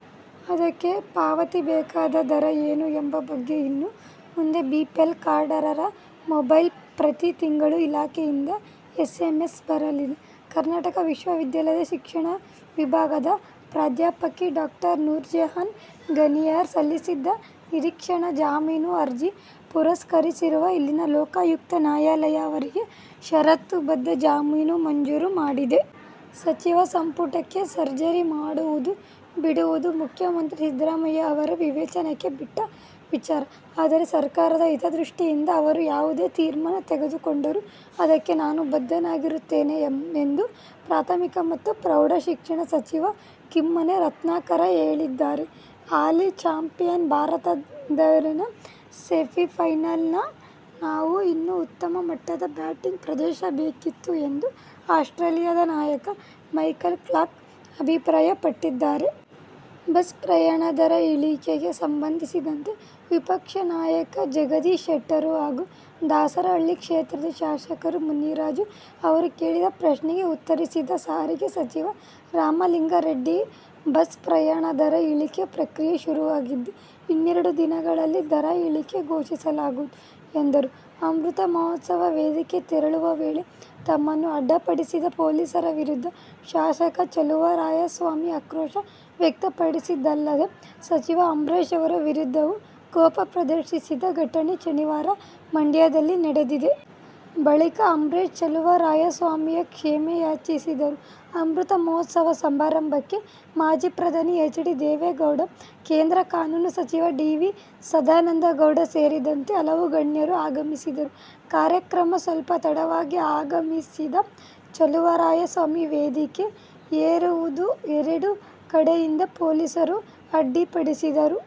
ಅದಕ್ಕೆ ಪಾವತಿಸಬೇಕಾದ ದರ ಏನು ಎಂಬ ಬಗ್ಗೆ ಇನ್ನು ಮುಂದೆ ಬಿಪಿಎಲ್ ಕಾರ್ಡ್ದಾರರ ಮೊಬೈಲ್ಗೆ ಪ್ರತಿ ತಿಂಗಳು ಇಲಾಖೆಯಿಂದ ಎಸ್ಎಂಎಸ್ ಬರಲಿದೆ. ಕರ್ನಾಟಕ ವಿಶ್ವವಿದ್ಯಾಲಯದ ಶಿಕ್ಷಣ ವಿಭಾಗದ ಪ್ರಾಧ್ಯಾಪಕಿ ಡಾ ನೂರಜಹಾನ್ ಘನಿಯಾರ್ ಸಲ್ಲಿಸಿದ್ದ ನಿರೀಕ್ಷಣಾ ಜಾಮೀನು ಅರ್ಜಿ ಪುರಸ್ಕರಿಸಿರುವ ಇಲ್ಲಿನ ಲೋಕಾಯುಕ್ತ ನ್ಯಾಯಾಲಯ ಅವರಿಗೆ ಷರತ್ತುಬದ್ಧ ಜಾಮೀನು ಮಂಜೂರು ಮಾಡಿದೆ. ಸಚಿವ ಸಂಪುಟಕ್ಕೆ ಸರ್ಜರಿ ಮಾಡುವುದು ಬಿಡುವುದು ಮುಖ್ಯಮಂತ್ರಿ ಸಿದ್ದರಾಮಯ್ಯ ಅವರ ವಿವೇಚನೆಗೆ ಬಿಟ್ಟ ವಿಚಾರ. ಆದರೆ, ಸರ್ಕಾರದ ಹಿತದೃಷ್ಟಿಯಿಂದ ಅವರು ಯಾವುದೇ ತೀರ್ಮಾನ ತೆಗೆದುಕೊಂಡರೂ ಅದಕ್ಕೆ ನಾನು ಬದ್ಧನಾಗಿರುತ್ತೇನೆ ಎಂದು ಪ್ರಾಥಮಿಕ ಮತ್ತು ಪ್ರೌಢ ಶಿಕ್ಷಣ ಸಚಿವ ಕಿಮ್ಮನೆ ರತ್ನಾಕರ ಹೇಳಿದ್ದಾರೆ. ಹಾಲಿ ಚಾಂಪಿಯನ್ ಭಾರತದೆದುರಿನ ಸೆಮಿಫೈನಲ್ನಲ್ಲಿ ನಾವು ಇನ್ನೂ ಉತ್ತಮ ಮಟ್ಟದ ಬ್ಯಾಟಿಂಗ್ ಪ್ರದರ್ಶಿಸಬೇಕಿದೆ ಎಂದು ಆಸ್ಟ್ರೇಲಿಯದ ನಾಯಕ ಮೈಕಲ್ ಕ್ಲಾರ್ಕ್ ಅಭಿಪ್ರಾಯಪಟ್ಟಿದ್ದಾರೆ. ಬಸ್ ಪ್ರಯಾಣದರ ಇಳಿಕೆಗೆ ಸಂಬಂಧಿಸಿದಂತೆ ವಿಪಕ್ಷ ನಾಯಕ ಜಗದೀಶ್ ಶೆಟ್ಟರ್ ಹಾಗೂ ದಾಸರಹಳ್ಳಿ ಕ್ಷೇತ್ರದ ಶಾಸಕ ಮುನಿರಾಜು ಅವರು ಕೇಳಿದ ಪ್ರಶ್ನೆಗೆ ಉತ್ತರಿಸಿದ ಸಾರಿಗೆ ಸಚಿವ ರಾಮಲಿಂಗಾರೆಡ್ಡಿ, ಬಸ್ ಪ್ರಯಾಣದರ ಇಳಿಗೆ ಪ್ರಕ್ರಿಯೆ ಶುರುವಾಗಿದ್ದು, ಇನ್ನೆರಡು ದಿನಗಳಲ್ಲಿ ದರ ಇಳಿಕೆ ಘೋಷಿಸಲಾಗುವುದು ಎಂದರು. ಅಮೃತ ಮಹೋತ್ಸವ ವೇದಿಕೆಗೆ ತೆರಳುವ ವೇಳೆ ತಮ್ಮನ್ನು ಅಡ್ಡಿಪಡಿಸಿದ ಪೊಲೀಸರ ವಿರುದ್ಧ ಶಾಸಕ ಚಲುವರಾಯಸ್ವಾಮಿ ಆಕ್ರೋಶ ವ್ಯಕ್ತಪಡಿಸಿದ್ದಲ್ಲದೆ, ಸಚಿವ ಅಂಬರೀಶ್ ಅವರ ವಿರುದ್ಧವೂ ಕೋಪ ಪ್ರದರ್ಶಿಸಿದ ಘಟನೆ ಶನಿವಾರ ಮಂಡ್ಯದಲ್ಲಿ ನಡೆದಿದೆ. ಬಳಿಕ, ಅಂಬರೀಶ್ ಚಲುವರಾಯಸ್ವಾಮಿಯ ಕ್ಷಮೆಯಾಚಿಸಿದರು. ಅಮೃತ ಮಹೋತ್ಸವ ಸಮಾರಂಭಕ್ಕೆ ಮಾಜಿ ಪ್ರಧಾನಿ ಎಚ್. ಡಿ. ದೇವೇಗೌಡ, ಕೇಂದ್ರ ಕಾನೂನು ಸಚಿವ ಡಿ. ವಿ. ಸದಾನಂದಗೌಡ ಸೇರಿದಂತೆ ಹಲವು ಗಣ್ಯರು ಆಗಮಿಸಿದ್ದರು. ಕಾರ್ಯಕ್ರಮಕ್ಕೆ ಸ್ವಲ್ಪ ತಡವಾಗಿ ಆಗಮಿಸಿದ ಚಲುವರಾಯಸ್ವಾಮಿ ವೇದಿಕೆ ಏರುವುದಕ್ಕೆ ಎರಡೂ ಕಡೆಯಿಂದ ಪೊಲೀಸರು ಅಡ್ಡಿಪಡಿಸಿದರು.